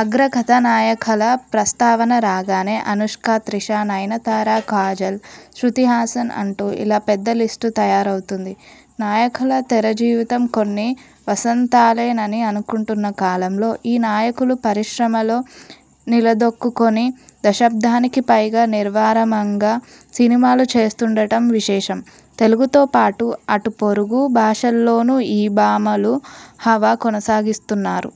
అగ్రకథానాయికల ప్రస్తావన రాగానే అనుష్క, త్రిష, నయనతార, కాజల్, శ్రుతీహాసన్ అంటూ ఇలా పెద్దలిస్టు తయారవుతుంది. నాయికల తెరజీవితం కొన్ని వసంతాలేనని అనుకుంటున్న కాలంలో ఈ నాయికలు పరిశ్రమలో నిలదొక్కుకుని దశాబ్దానికి పైగా నిర్విరామంగా సినిమాలు చేస్తుండటం విశేషం. తెలుగుతో పాటు అటు పొరుగు భాషల్లోనూ ఈ భామలు హవా కొనసాగిస్తున్నారు.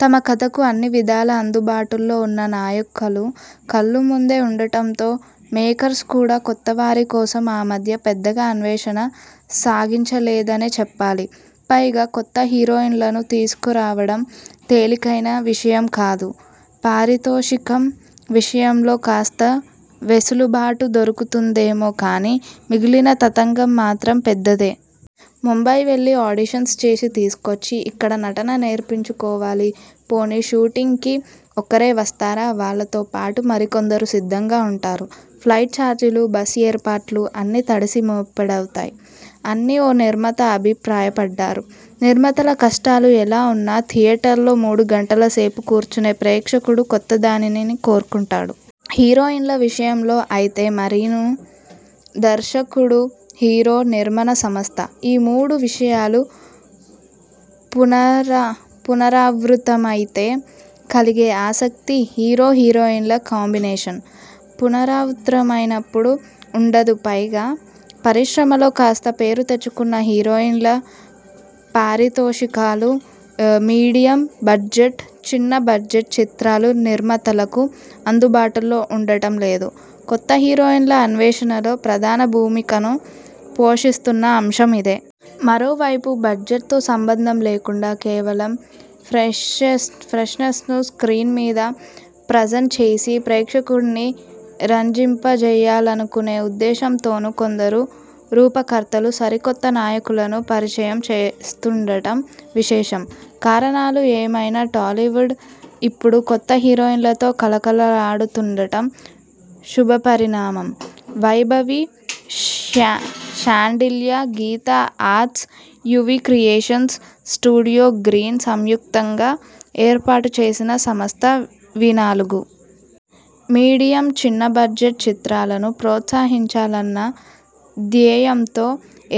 తమ కథకు అన్ని విధాలా అందుబాటులో ఉన్న నాయికలు కళ్ల ముందే ఉండటంతో మేకర్స్ కూడా కొత్తవారి కోసం ఆ మధ్య పెద్దగా అన్వేషణ సాగించలేదనే చెప్పాలి. పైగా, కొత్త హీరోయిన్లను తీసుకురావడం తేలికైన విషయంకాదు. పారితోషికం విషయంలో కాస్త వెసులుబాటు దొరుకుతుందేమో కానీ మిగిలిన తతంగం మాత్రం పెద్దదే. ముంబై వెళ్లి ఆడిషన్స్ చేసి తీసుకొచ్చి ఇక్కడ నటన నేర్పించుకోవాలి. పోనీ షూటింగ్కి ఒక్కరే వస్తారా? వాళ్లతో పాటు మరికొందరు సిద్ధంగా ఉంటారు. ఫ్లైట్ చార్జీలు, బస ఏర్పాట్లు అన్నీ తడిసి మోపెడవుతాయి అని ఓ నిర్మాత అభిప్రాయపడ్డారు. నిర్మాతల కష్టాలు ఎలా ఉన్నా థియేటర్లో మూడు గంటల సేపు కూర్చునే ప్రేక్షకుడు కొత్తదనాన్ని కోరుకుంటాడు. హీరోయిన్ల విషయంలో అయితే మరీనూ. దర్శకుడు-హీరో-నిర్మాణ సంస్థ ఈ మూడు విషయాలు పునరావృతమైతే కలిగే ఆసక్తి హీరో-హీరోయిన్ల కాంబినేషన్ పునరావృతమైనప్పుడు ఉండదు పైగా పరిశ్రమలో కాస్త పేరు తెచ్చుకున్న హీరోయిన్ల పారితోషికాలు, మీడియమ్ బడ్జెట్, చిన్న బడ్జెట్ చిత్రాల నిర్మాతలకు అందుబాటులో ఉండటం లేదు. కొత్త హీరోయిన్ల అన్వేషణలో ప్రధాన భూమికను పోషిస్తున్న అంశం ఇదే! మరోవైపు బడ్జెట్తో సంబంధం లేకుండా, కేవలం ఫ్రెష్నెస్ను స్క్రీన్ మీద ప్రెజంట్ చేసి, ప్రేక్షకుడిని రంజింపజేయాలనుకునే ఉద్దేశంతోనూ కొందరు రూపకర్తలు సరికొత్త నాయికలను పరిచయం చేస్తుండటం విశేషం. కారణాలు ఏవైనా టాలీవుడ్ ఇప్పుడు కొత్త హీరోయిన్లతో కళకళలాడుతుండటం శుభపరిణామం. Vaibhavi Sandilya Geetha arts, UV creations, studio green సంయుక్తంగా ఏర్పాటు చేసిన సంస్థ వీనాలుగు. మీడియమ్, చిన్న బడ్జెట్ చిత్రాలను ప్రోత్సహించాలన్న ధ్యేయంతో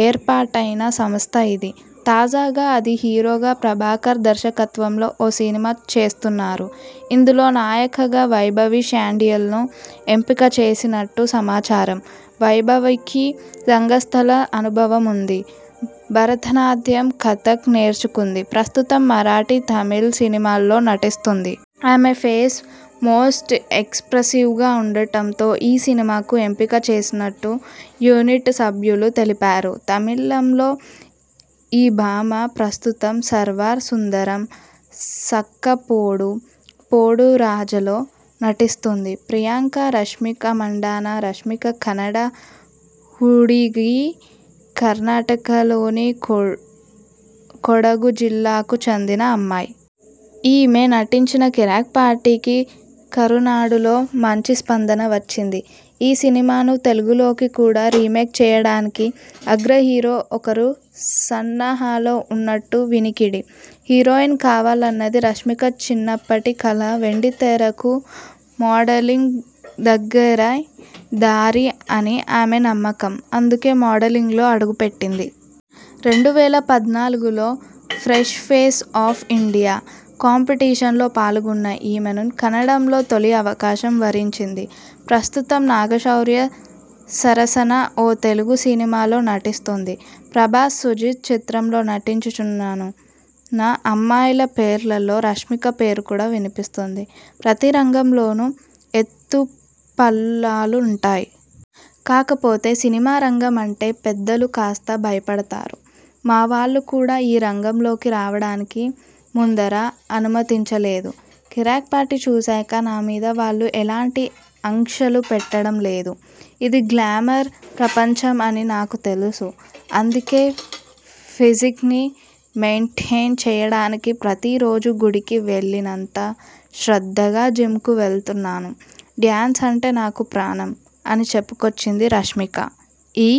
ఏర్పాటైన సంస్థ ఇది. తాజాగా ఆది హీరోగా ప్రభాకర్ దర్శకత్వంలో ఓ సినిమా చేస్తున్నారు. ఇందులో నాయికగా వైభవి శాండిల్యను ఎంపిక చేసినట్టు సమాచారం. వైభవికి రంగస్థల అనుభవం ఉంది. భరతనాట్యం, కథక్ నేర్చుకుంది. ప్రస్తుతం మరాఠీ, తమిళ సినిమాల్లో నటిస్తోంది. ఆమె ఫేస్ మోస్ట్ ఎక్స్ప్రెసివ్గా ఉండటంతో ఈ సినిమాకు ఎంపిక చేసినట్టు యూనిట్ సభ్యులు తెలిపారు. తమిళంలో ఈ భామ ప్రస్తుతం 'సర్వర్ సుందరం', 'సక్కపోడు పోడు రాజా'లో నటిస్తోంది. ప్రియాంక రష్మికా మండన్న రష్మిక కన్నడ హుడుగి. కర్ణాటకలోని కొడగు జిల్లాకు చెందిన అమ్మాయి. ఈమె నటించిన 'కిరిక్ పార్టీ'కి కరునాడులో మంచి స్పందన వచ్చింది. ఈ సినిమాను తెలుగులోకి కూడా రీమేక్ చేయడానికి అగ్రహీరో ఒకరు సన్నాహాల్లో ఉన్నట్టు వినికిడి. హీరోయిన్ కావాలన్నది రష్మిక చిన్నప్పటి కల వెండితెరకు మోడలింగ్ దగ్గరి దారి అని ఆమె నమ్మకం. అందుకే మోడలింగ్లో అడుగుపెట్టింది. రెండు వేల పద్నాలుగులో 'ఫ్రెష్ ఫేస్ ఆఫ్ ఇండియా' కాంపిటిషన్లో పాల్గొన్న ఈమెను కన్నడంలో తొలి అవకాశం వరించింది. ప్రస్తుతం నాగశౌర్య సరసన ఓ తెలుగు సినిమాలో నటిస్తోంది. ప్రభాస్, సుజిత్ చిత్రంలో నటించనున్న అమ్మాయిల పేర్లలో రష్మిక పేరు కూడా వినిపిస్తోంది. ప్రతి రంగంలోనూ ఎత్తుపల్లాలుంటాయి. కాకపోతే సినిమా రంగం అంటే పెద్దలు కాస్త భయపడతారు. మా వాళ్లు కూడా ఈ రంగంలోకి రావడానికి ముందర అనుమతించలేదు. 'కిరిక్ పార్టీ' చూశాక నా మీద వాళ్లు ఎలాంటి ఆంక్షలూ పెట్టడం లేదు. ఇది గ్లామర్ ప్రపంచం అని నాకు తెలుసు. అందుకే ఫిజిక్ని మెయింటెయిన్ చేయడానికి ప్రతిరోజూ గుడికి వెళ్లినంత శ్రద్ధగా జిమ్కు వెళ్తున్నాను. డ్యాన్స అంటే నాకు ప్రాణం అని చెప్పుకొచ్చింది రష్మిక. ఈ